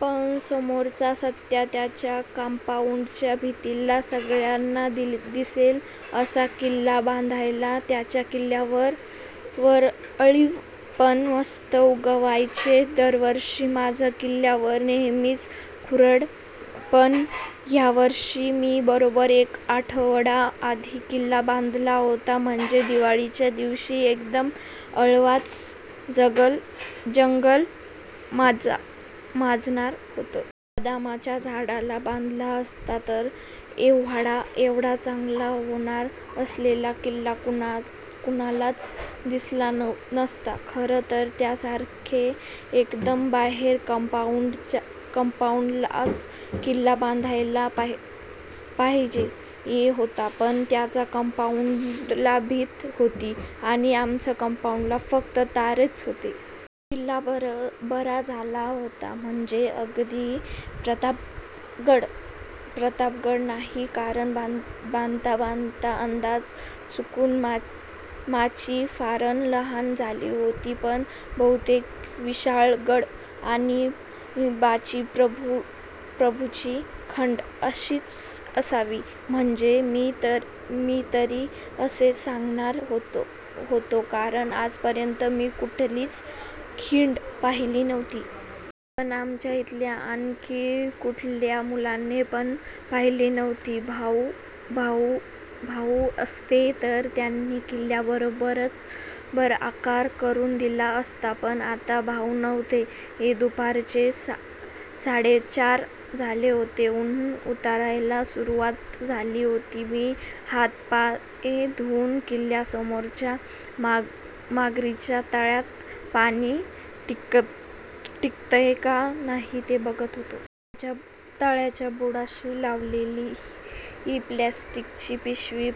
पण समोरचा सत्या त्यांच्या कांपाउंडच्या भिंतीला, सगळ्यांना दिसेल असा किल्ला बांधायचा. त्याच्या किल्ल्यावर अळीव पण मस्त उगवायचे दरवर्षी. माझ्या किल्ल्यावर नेहेमीच खुरटं. पण ह्यावर्षी मी बरोबर एक आठवडा आधी किल्ला बांधला होता, म्हणजे दिवाळीच्या दिवशी एकदम अळवाचं जंगल माजणार होतं. बदामाच्या झाडाला बांधला असता तर एव्हडा चांगला होणार असलेला किल्ला कुणालाच दिसला नसता. खरं तर सत्यासारखे एकदम बाहेर कांपाउंडलाच किल्ला बांधायला पाह्यजे होता. पण त्यांच्या कांपाउंडला भिंतं होती आणि आमचं कांपाउंड फक्त तारेचं होतं. किल्ला बरा झाला होता. म्हणजे अगदी प्रतापगड नाही. कारण बांधता बांधता अंदाज चुकुन माची फारच लहान झाली होती. पण बहुतेक विशाळगड आणि बाजीप्रभुची खिंड अशीच असावी. म्हणजे मी तरी असेच सांगणार होतो. कारण आजपर्यंत मी कुठलीच खिंड पाहिली नव्हती. पण आमच्या इथल्या आणखी कुठल्या मुलाने पण पाहिली नव्हती. भाउ असते तर त्यांनी किल्ल्याला बरोबर आकार करुन दिला असता. पण आता भाउ नव्हते. दुपारचे साडेचार झाले होते. उन्हं उतरायला सुरुवात झाली होती. मी हात्-पाय धुवुन किल्ल्यासमोरच्या मगरीच्या तळ्यात पाणी टिकतय का नाही ते बघत होतो. तळ्याच्या बुडाशी लावलेली प्लास्टिकची पिशवी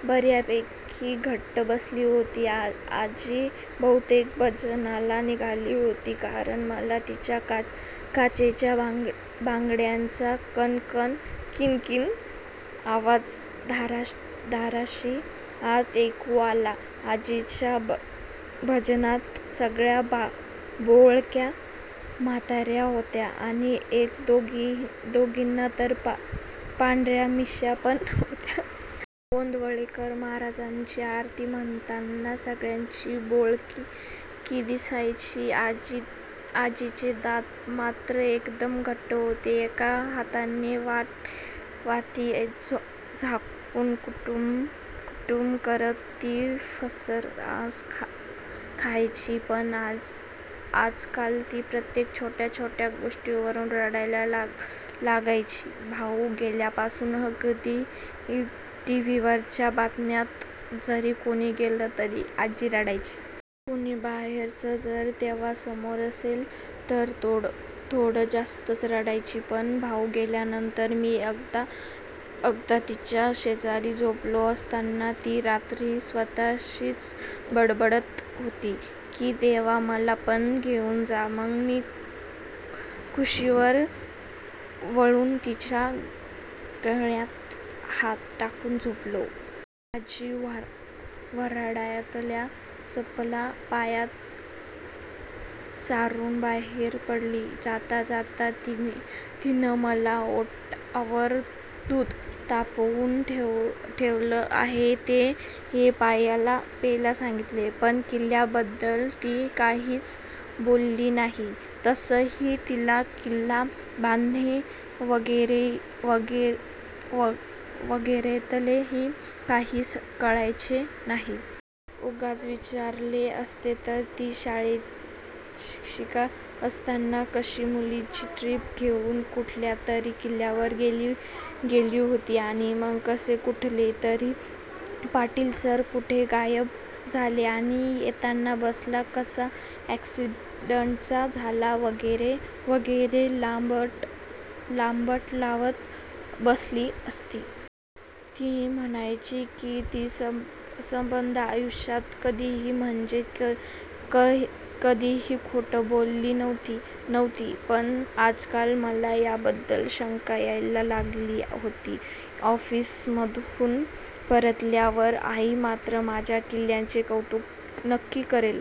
बर्यापैकी घट्ट बसली होती. आजी बहुतेक भजनाला निघाली होती. कारण मला तिच्या काचेच्या बांगड्यांचा किण-किण आवाज दाराशी आत ऐकु आला. आजीच्या भजनात सगळ्या बोळक्या म्हातार्या होत्या. आणि एक-दोघीना तर पांढर्या मिश्या पण होत्या. गोंदवलेकर महाराजांची आरती म्हणताना सगळ्यांची बोळकी दिसायची. आजीचे दात मात्र एकदम घट्ट होते. एका हातानं वाटी झाकुन कुडुम कुडुम करत ती फरसाण खायची. पण आजकाल ती प्रत्येक छोट्या-छोट्या गोष्टीवरून रडायला लागायची. भाउ गेल्यापासुन, अगदी टीव्हीवरच्या बातम्यात जरी कुणी गेलं तरी आजी रडायची. कोणी बाहेरचं जर तेव्हा समोर असेल तर थोडं जास्तच रडायची. पण भाउ गेल्यानंतर मी एकदा तिच्याशेजारी झोपलो असताना, ती रात्री स्वतःशीच बडबडत होती की देवा मला पण घेवून जा. मग मी कुशीवर वळुन तिच्या गळ्यात हात टाकुन झोपलो. आजी व्हरांड्यातल्या चपला पायात सारुन बाहेर पडली. जाता जाता तिनं मला ओट्यावर दूध तापवून ठेवलं आहे ते प्यायला सांगितलं. पण किल्ल्याबद्दल ती काहीच बोलली नाही. तसंही तिला किल्ला बांधणे वगैरेतले काही कळायचे नाही. उगाच विचारले असते तर, ती शाळेत शिक्षीका असताना कशी मुलांची ट्रिप घेवून कुठल्यातरी किल्ल्यावर गेली होती आणि मग कसे कुठलेतरी पाटील सर कुठे गायब झाले, आणि येताना बसला कसा अक्सिडेंटच झाला वगैरे वगैरे लांबड लावत बसली असती. ती म्हणायची की ती सबंध आयुष्यात कधीही, म्हणजे कधीही खोटं बोलली नव्हती. पण आजकाल मला याबद्दल शंका यायला लागली होती. ऑफिसमधून परतल्यावर आई मात्र माझ्या किल्ल्याचे कौतुक नक्की करेल